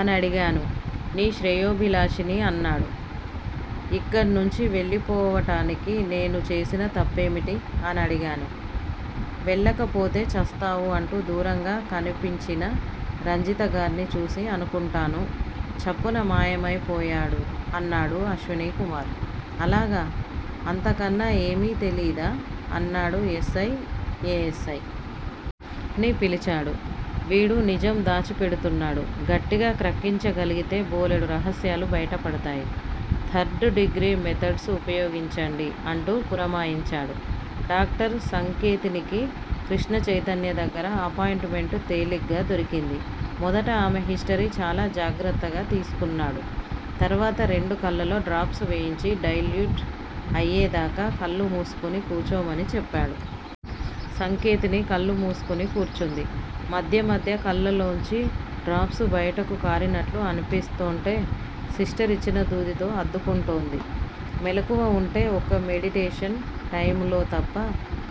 అనడిగాను. 'నీ శ్రేయోభిలాషిని' అన్నాడు. 'ఇక్కడ్నుంచి వెళ్ళిపోవటానికి నేను చేసిన తప్పేమిటి' అనడిగాను. 'వెళ్ళకపోతే చస్తావు' అంటూ దూరంగా కనిపించిన రంజితగార్ని చూసి అనుకుంటాను, చప్పున మాయమై పోయాడు అన్నాడు అశ్వనీకుమార్. అలాగా? అంతకన్నా ఏమీ తెలీదా? అన్నాడు S. I. A. S. I. ని పిలిచాడు. వీడు నిజం దాచిపెడుతున్నాడు. గట్టిగా క్రక్కించగలిగితే బోలెడు రహస్యాలు బయటపడతాయి. థర్డ్ డిగ్రీ మెథడ్స్ ఉపయోగించండి అంటూ పురమాయించాడు. డాక్టరు సంకేతినికి కృష్ణచైతన్య దగ్గర అపాయింట్ మెంట్ తేలిగ్గా దొరికింది. మొదట ఆమె హిస్టరీ చాలా జాగ్రత్తగా తీసుకున్నాడు. తర్వాత రెండు కళ్ళలో డ్రాప్స్ వేయించి డైల్యూట్ అయ్యేదాకా కళ్ళు మూసుకుని కూచోమని చెప్పాడు. సంకేతిని కళ్ళు మూసుకుని కూర్చుంది. మధ్య మధ్య కళ్ళలోంచి డ్రాప్స్ బయటకు కారినట్లు అనిపిస్తోంటే సిస్టర్ ఇచ్చిన దూదితో అద్దుకుంటోంది. మెలకువగా ఉంటే ఒక్క మెడిటేషన్ టైములో తప్ప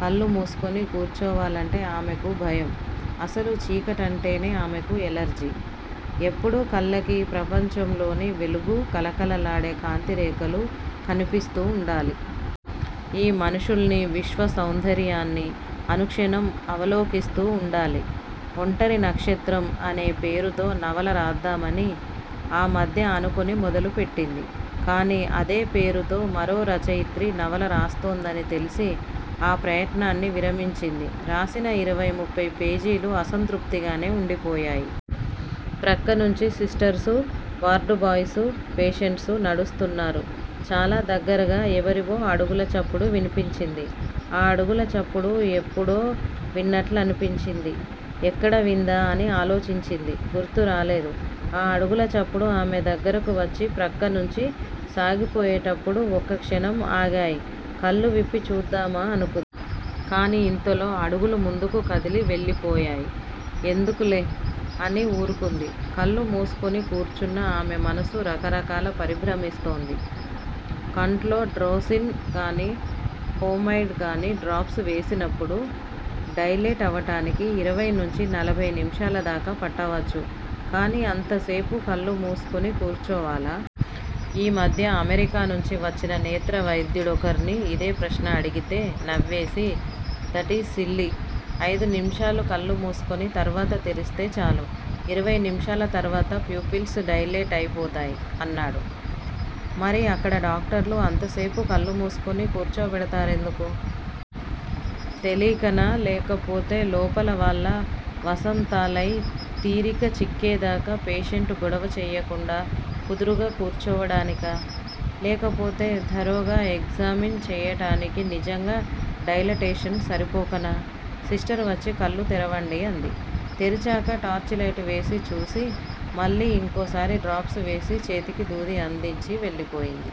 కళ్ళు మూసుకుని కూర్చోవాలంటే ఆమెకు భయం. అసలు చీకటంటేనే ఆమెకు ఎలర్జీ. ఎప్పుడూ కళ్ళకి ప్రపంచంలోని వెలుగూ, కళకళలాడే కాంతిరేఖలు కనిపిస్తూ ఉండాలి. ఈ మనుషుల్నీ, విశ్వసౌందర్యాన్నీ అనుక్షణం అవలోకిస్తూ ఉండాలి. 'ఒంటరి నక్షత్రం' అనే పేరుతో నవల రాద్దామని ఆ మధ్య అనుకుని మొదలుపెట్టింది. కాని, అదే పేరుతో మరో రచయిత్రి నవల రాస్తోందని తెలిసి ఆ ప్రయత్నాన్ని విరమించింది. రాసిన ఇరవై, ముప్పై పేజీలు అసంపూర్తిగానే వుండిపోయాయి. ప్రక్కనుంచి సిస్టర్సూ, వార్డుబాయ్స్, పేషెంట్స్ నడుస్తున్నారు చాలా దగ్గరగా ఎవరివో అడుగుల చప్పుడు వినిపించింది. ఆ అడుగులచప్పుడు ఎప్పుడో విన్నట్లనిపించింది. ఎక్కడ విందా అని ఆలోచించింది. గుర్తు రాలేదు. ఆ అడుగుల చప్పుడు ఆమె దగ్గరకు వచ్చి ప్రక్కనుంచి సాగిపోయేటప్పుడు ఒక్క క్షణం ఆగాయి. కళ్ళు విప్పి చూద్దామా అనుకు కాని ఇంతలో అడుగులు ముందుకు కదిలి వెళ్ళిపోయాయి. ఎందుకులే అని ఊరుకుంది. కళ్ళు మూసుకొని కూర్చున్న ఆమె మనసు రకరకాల పరిభ్రమిస్తోంది. కంట్లో డ్రోసిన్ గాని, హోమైడ్ గాని డ్రాప్స్ వేసినప్పుడు డైలేట్ అవటానికి ఇరవై నుంచి నలభయి నిమిషాలదాకా పట్టవచ్చు. కానీ అంతసేపూ కళ్ళు మూసుకుని కూర్చోవాలా? ఆ మధ్య అమెరికా నుంచి వచ్చిన నేత్ర వైద్యుడొకర్ని ఇదే ప్రశ్న అడిగితే, నవ్వేసి దటీజ్ సిల్లీ! ఐదు నిమిషాలు కళ్ళు మూసుకుని తర్వాత తెరిస్తే చాలు. ఇరవై నిమిషాల తర్వాత ప్యూపిల్స్ డైలేట్ అయిపోతాయి అన్నాడు. మరి అక్కడ డాక్టర్లు అంతసేపు కళ్ళుమూసి కూచోబెడతారెందుకు? తెలీకనా? లేకపోతే లోపల వాళ్ళ వసంతాలయి తీరిక చిక్కేదాకా పేషెంట్ గొడవ చెయ్యకుండా, కుదురుగా కూర్చోవడానికా? లేకపోతే థరోగా ఎగ్జామిన్ చెయ్యటానికి నిజంగా డైలటేషన్ సరిపోకనా? సిస్టరు వచ్చి కళ్ళు తెరవండి అంది. తెరిచాక టార్చిలైటు వేసి చూసి, మళ్ళీ ఇంకోసారి డ్రాప్స్ వేసి చేతికి దూది అందించి వెళ్ళిపోయింది.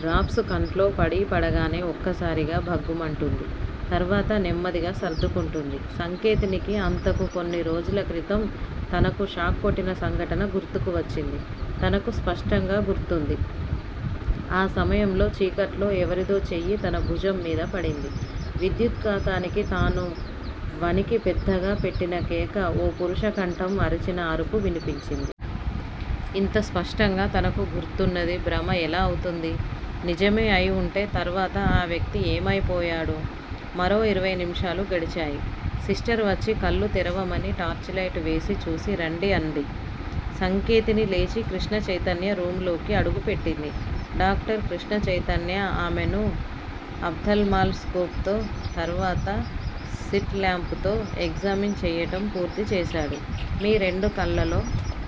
డ్రాప్స్ కంట్లో పడీపడగానే ఒక్కసారిగా భగ్గుమంటుంది. తర్వాత నెమ్మదిగా సర్దుకుంటుంది. సంకేతినికి అంతకు కొన్నిరోజుల క్రితం తనకు షాక్ కొట్టిన సంఘటన గుర్తుకువచ్చింది. తనకు స్పష్టంగా గుర్తుంది. ఆ సమయంలో చీకట్లో ఎవరిదో చెయ్యి తన భుజంమీద పడింది. విద్యుద్ఘాతానికి తాను వణికి పెద్దగా పెట్టిన కేక ఓ పురుషకంఠం అరిచిన అరుపు వినిపించింది. ఇంత స్పష్టంగా తనకు గుర్తున్నది భ్రమ ఎలా అవుతుంది? నిజమే అయివుంటే తర్వాత ఆ వ్యక్తి ఏమైపోయాడు? మరో ఇరవై నిమిషాలు గడిచాయి. సిస్టర్ వచ్చి కళ్ళు తెరవమని టార్చిలైట్ వేసి చూసి రండి అంది. సంకేతిని లేచి కృష్ణచైతన్య రూమ్ లోకి అడుగుపెట్టింది. డాక్టర్ కృష్ణచైతన్య ఆమెను అప్ థల్ మాల్ స్కోప్ తో తర్వాత సిట్ ల్యాంప్ తో ఎగ్జామిన్ చెయ్యటం పూర్తిచేశాడు. మీ రెండు కళ్ళలో-